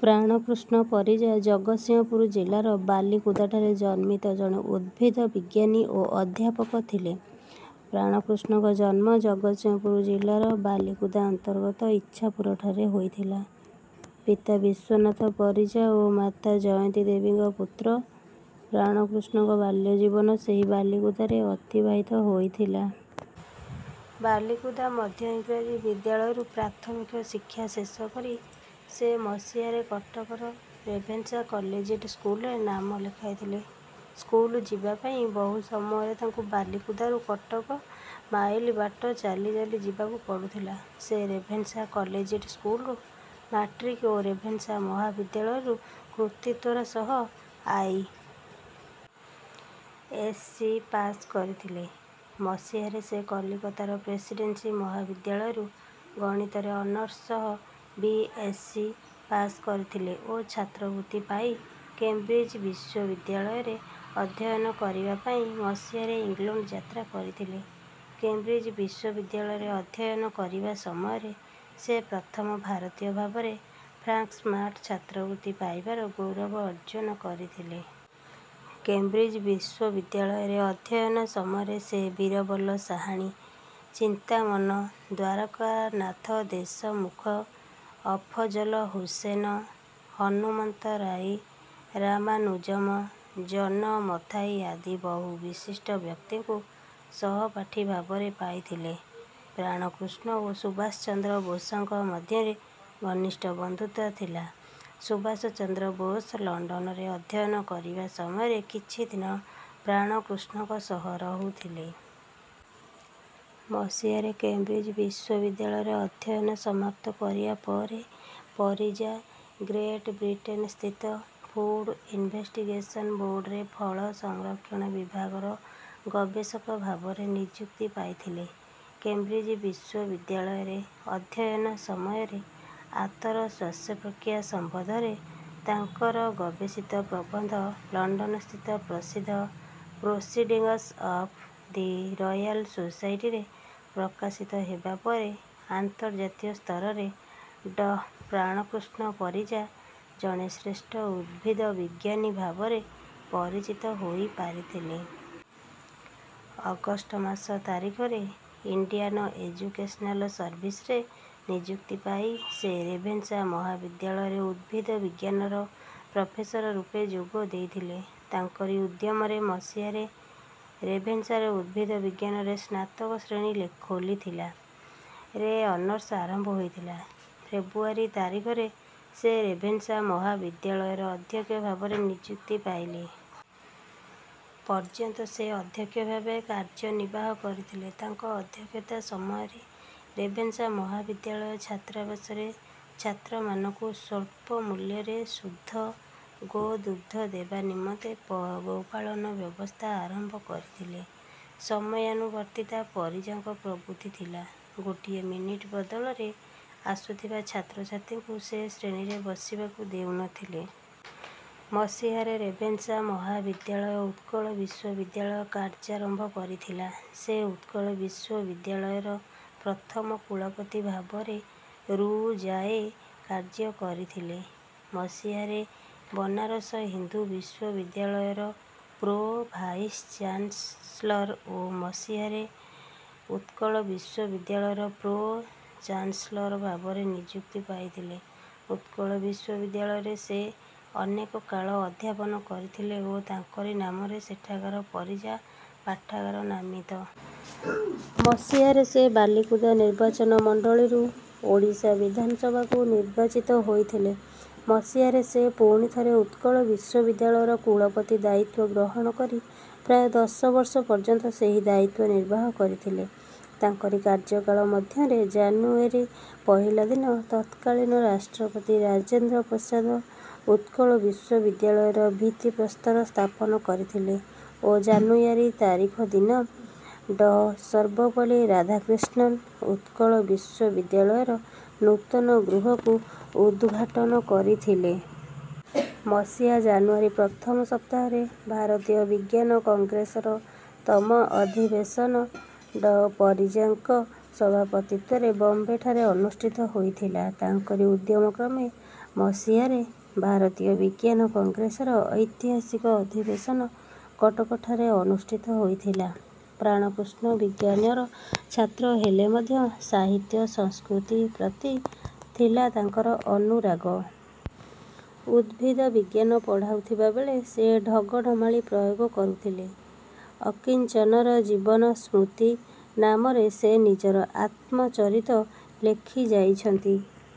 ପ୍ରାଣକୃଷ୍ଣ ପରିଜା ଜଗତସିଂହପୁର ଜିଲ୍ଲାର ବାଲିକୁଦାଠାରେ ଜନ୍ମିତ ଜଣେ ଉଦ୍ଭିଦ ବିଜ୍ଞାନି ଓ ଅଧ୍ୟାପକ ଥିଲେ। ପ୍ରାଣକୃଷ୍ଣଙ୍କ ଜନ୍ମ ଜଗତସିଂହପୁର ଜିଲ୍ଲାର, ବାଲିକୁଦା ଅନ୍ତର୍ଗତ ଇଚ୍ଛାପୁରଠାରେ ହୋଇଥିଲା। ପିତା ବିଶ୍ୱନାଥ ପରିଜା ଓ ମାତା ଜୟନ୍ତୀ ଦେବୀଙ୍କ ପୁତ୍ର, ପ୍ରାଣକୃଷ୍ଣଙ୍କ ବାଲ୍ୟଜୀବନ ସେହି ବାଲିକୁଦାରେ ଅତିବାହିତ ହୋଇଥିଲା। ବାଲିକୁଦା ମଧ୍ୟଇଂରାଜୀ ବିଦ୍ୟାଳୟରୁ ପ୍ରାଥମିକ ଶିକ୍ଷା ଶେଷକରି, ସେ ମସିହାରେ କଟକ ର ରେଭେନ୍ସା କଲିଜିଏଟ ସ୍କୁଲ ରେ ନାମ ଲେଖାଇଥିଲେ। ସ୍କୁଲ ଯିବା ପାଇଁ, ବହୁ ସମୟରେ ତାଙ୍କୁ ବାଲିକୁଦାରୁ କଟକ, ମାଇଲ ବାଟ, ଚାଲି ଚାଲି ଯିବାକୁ ପଡୁଥିଲା। ସେ ରେଭେନ୍ସା କଲିଜିଏଟ ସ୍କୁଲରୁ ମାଟ୍ରିକ ଓ ରେଭେନ୍ସା ମହାବିଦ୍ୟାଳୟ ରୁ କୃତିତ୍ୱର ସହ ଆଇ. ଏସ୍. ସି. ପାସକରିଥିଲେ। ମସିହାରେ ସେ କଲିକତାର ପ୍ରେସିଡେନ୍ସି ମହାବିଦ୍ୟାଳୟରୁ ଗଣିତ ରେ ଅନର୍ସ ସହ ବି. ଏସ୍. ସି. ପାସ କରିଥିଲେ ଓ ଛାତ୍ରବୃତ୍ତି ପାଇ କେମ୍ବ୍ରିଜ ବିଶ୍ୱବିଦ୍ୟାଳୟ ରେ ଅଧ୍ୟୟନ କରିବା ପାଇଁ ମସିହାରେ ଇଂଲଣ୍ଡ ଯାତ୍ରା କରିଥିଲେ। କେମ୍ବ୍ରିଜ ବିଶ୍ୱବିଦ୍ୟାଳୟରେ ଅଧ୍ୟୟନ କରିବା ସମୟରେ, ସେ ପ୍ରଥମ ଭାରତୀୟ ଭାବରେ ଫ୍ରାଙ୍କସ୍ମାର୍ଟ ଛାତ୍ରବୃତ୍ତି ପାଇବାର ଗୌରବ ଅର୍ଜ୍ଜନ କରିଥିଲେ। କେମ୍ବ୍ରିଜ ବିଶ୍ୱବିଦ୍ୟାଳୟରେ ଅଧ୍ୟୟନ ସମୟରେ, ସେ ବୀରବଲ ସାହାଣୀ, ଚିନ୍ତାମନ ଦ୍ୱାରକାନାଥ ଦେଶମୁଖ, ଅଫଜଲ ହୁସେନ, ହନୁମନ୍ତରାଇ, ରାମାନୁଜମ, ଜନ ମଥାଇ ଆଦି ବହୁ ବିଶିଷ୍ଟ ବ୍ୟକ୍ତିଙ୍କୁ ସହପାଠୀଭାବରେ ପାଇଥିଲେ। ପ୍ରାଣକୃଷ୍ଣ ଓ ସୁଭାଷ ଚନ୍ଦ୍ର ବୋଷଙ୍କ ମଧ୍ୟରେ ଘନିଷ୍ଟ ବନ୍ଧୁତା ଥିଲା। ସୁଭାଷ ଚନ୍ଦ୍ର ବୋଷ ଲଣ୍ଡନରେ ଅଧ୍ୟୟନ କରିବା ସମୟରେ, କିଛି ଦିନ, ପ୍ରାଣକୃଷ୍ଣଙ୍କ ସହ ରହୁଥିଲେ। ମସିହାରେ, କେମ୍ବ୍ରିଜ ବିଶ୍ୱବିଦ୍ୟାଳୟରେ ଅଧ୍ୟୟନ ସମାପ୍ତ କରିବା ପରେ, ପରିଜା ଗ୍ରେଟବ୍ରିଟେନସ୍ଥିତ ଫୁଡ ଇନଭେଷ୍ଟିଗେସନ ବୋର୍ଡ଼ରେ ଫଳ ସଂରକ୍ଷଣ ବିଭାଗର ଗବେଷକ ଭାବରେ ନିଯୁକ୍ତି ପାଇଥିଲେ। କେମ୍ବ୍ରିଜ ବିଶ୍ୱବିଦ୍ୟାଳୟରେ ଅଧ୍ୟୟନ ସମୟରେ ଆତର ଶ୍ୱାସପ୍ରକ୍ରିୟା ସମ୍ବନ୍ଧରେ ତାଙ୍କର ଗବେଷିତ ପ୍ରବନ୍ଧ, ଲଣ୍ଡନସ୍ଥିତ ପ୍ରସିଦ୍ଧ Proceedings of the Royal Society ରେ ପ୍ରକାଶିତ ହେବା ପରେ, ଅନ୍ତର୍ଜାତୀୟ ସ୍ତରରେ ଡଃ ପ୍ରାଣକୃଷ୍ଣ ପରିଜା ଜଣେ ଶ୍ରେଷ୍ଠ ଉଦ୍ଭୀଦ ବିଜ୍ଞାନୀ ଭାବରେ ପରିଚିତ ହୋଇପାରିଥିଲେ। ଅଗଷ୍ଟ ମାସ ତାରିଖରେ, ଇଣ୍ଡିଆନ ଏଜୁକେସନାଲ ସର୍ଭିସରେ ନିଯୁକ୍ତି ପାଇ, ସେ ରେଭେନ୍ସା ମହାବିଦ୍ୟାଳୟରେ ଉଦ୍ଭିଦ ବିଜ୍ଞାନର ପ୍ରଫେସର ରୂପେ ଯୋଗ ଦେଇଥିଲେ। ତାଙ୍କରି ଉଦ୍ୟମରେ ମସିହାରେ ରେଭେନ୍ସାରେ ଉଦ୍ଭିଦ ବିଜ୍ଞାନରେ ସ୍ନାତକ ଶ୍ରେଣୀ ଖୋଲିଥିଲା। ରେ ଅନର୍ସ ଆରମ୍ଭ ହୋଇଥିଲା। ଫେବୃୟାରୀ ତାରିଖରେ, ସେ ରେଭେନ୍ସା ମହାବିଦ୍ୟାଳୟର ଅଧ୍ୟକ୍ଷ ଭାବରେ ନିଯୁକ୍ତି ପାଇଲେ। ପର୍ଯ୍ୟନ୍ତ ସେ ଅଧ୍ୟକ୍ଷ ଭାବେ କାର୍ଯ୍ୟନିର୍ବାହ କରିଥିଲେ। ତାଙ୍କ ଅଧ୍ୟକ୍ଷତା ସମୟରେ ରେଭେନ୍ସା ମହାବିଦ୍ୟାଳୟ ଛାତ୍ରାବାସରେ ଛାତ୍ରମାନଙ୍କୁ ସ୍ୱଳ୍ପମୂଲ୍ୟରେ ଶୁଦ୍ଧ ଗୋଦୁଗ୍ଧ ଦେବା ନିମନ୍ତେ ଗୋପାଳନ ବ୍ୟବସ୍ଥା ଆରମ୍ଭ କରିଥିଲେ। ସମୟାନୁବର୍ତ୍ତିତା ପରିଜାଙ୍କ ପ୍ରବୃତ୍ତି ଥିଲା। ଗୋଟିଏ ମିନିଟ ବିଳମ୍ବରେ ଆସୁଥିବା ଛାତ୍ରଛାତ୍ରୀଙ୍କୁ ସେ ଶ୍ରେଣୀରେ ବସିବାକୁ ଦେଉନଥିଲେ। ମସିହାରେ ରେଭେନ୍ସା ମହାବିଦ୍ୟାଳୟ ଉତ୍କଳ ବିଶ୍ୱବିଦ୍ୟାଳୟ କାର୍ଯ୍ୟାରମ୍ଭ କରିଥିଲା। ସେ ଉତ୍କଳ ବିଶ୍ୱବିଦ୍ୟାଳୟର ପ୍ରଥମ କୂଳପତି ଭାବରେ ରୁ ଯାଏଁ କାର୍ଯ୍ୟ କରିଥିଲେ। ମସିହାରେ ବନାରସ ହିନ୍ଦୁ ବିଶ୍ୱବିଦ୍ୟାଳୟର ପ୍ରୋ-ଭାଇସଚାନ୍ସଲର ଓ ମସିହାରେ ଉତ୍କଳ ବିଶ୍ୱବିଦ୍ୟାଳୟର ପ୍ରୋ-ଚାନ୍ସଲର ଭାବରେ ନିଯୁକ୍ତି ପାଇଥିଲେ। ଉତ୍କଳ ବିଶ୍ୱବିଦ୍ୟାଳୟରେ ସେ, ଅନେକ କାଳ ଅଧ୍ୟାପନ କରିଥିଲେ ଓ ତାଙ୍କରି ନାମରେ ସେଠାକାର ପରିଜା ପାଠାଗାର ନାମିତ। ମସିହାରେ, ସେ ବାଲିକୁଦା ନିର୍ବାଚନ ମଣ୍ଡଳୀରୁ ଓଡ଼ିଶା ବିଧାନ ସଭାକୁ ନିର୍ବାଚିତ ହୋଇଥିଲେ। ମସିହାରେ ସେ ପୁଣି ଥରେ, ଉତ୍କଳ ବିଶ୍ୱବିଦ୍ୟାଳୟର କୂଳପତି ଦାୟିତ୍ୱ ଗ୍ରହଣ କରି, ପ୍ରାୟ ଦଶବର୍ଷ ପର୍ଯ୍ୟନ୍ତ ସେହି ଦାୟିତ୍ୱ ନିର୍ବାହ କରିଥିଲେ। ତାଙ୍କରି କାର୍ଯ୍ୟକାଳ ମଧ୍ୟରେ, ଜାନୁୟାରୀ ପହିଲା ଦିନ ତତ୍କାଳୀନ ରାଷ୍ଟ୍ରପତି ରାଜେନ୍ଦ୍ର ପ୍ରସାଦ, ଉତ୍କଳ ବିଶ୍ୱବିଦ୍ୟାଳୟର ଭିତ୍ତିପ୍ରସ୍ତର ସ୍ଥାପନ କରିଥିଲେ ଓ ଜାନୁୟାରୀ ତାରିଖ ଦିନ, ଡଃ ସର୍ବପଲ୍ଲୀ ରାଧାକ୍ରିଷ୍ଣନ, ଉତ୍କଳ ବିଶ୍ୱବିଦ୍ୟାଳୟର ନୂତନ ଗୃହକୁ ଉଦଘାଟନ କରିଥିଲେ। ମସିହା ଜାନୁୟାରୀ ପ୍ରଥମ ସପ୍ତାହରେ ଭାରତୀୟ ବିଜ୍ଞାନ କଂଗ୍ରେସର ତମ ଅଧିବେଶନ, ଡଃ ପରିଜାଙ୍କ ସଭାପତିତ୍ୱରେ ବମ୍ବେଠାରେ ଅନୁଷ୍ଠିତ ହୋଇଥିଲା। ତାଙ୍କରି ଉଦ୍ୟମକ୍ରମେ ମସିହାରେ ଭାରତୀୟ ବିଜ୍ଞାନ କଂଗ୍ରେସର ଐତିହାସିକ ଅଧିବେଶନ କଟକଠାରେ ଅନୁଷ୍ଠିତ ହୋଇଥିଲା। ପ୍ରାଣକୃଷ୍ଣ ବିଜ୍ଞାନର ଛାତ୍ର ହେଲେ ମଧ୍ୟ, ସାହିତ୍ୟ, ସଂସ୍କୃତି ପ୍ରତି ଥିଲା ତାଙ୍କର ଅନୁରାଗ। ଉଦ୍ଭିଦ ବିଜ୍ଞାନ ପଢାଉଥିବାବେଳେ, ସେ ଢଗ ଢମାଳି ପ୍ରୟୋଗ କରୁଥିଲେ। "ଅକିଞ୍ଚନର ଜୀବନ ସ୍ମୃତି" ନାମରେ ସେ ନିଜର ଆତ୍ମ-ଚରିତ ଲେଖିଯାଇଛନ୍ତି।।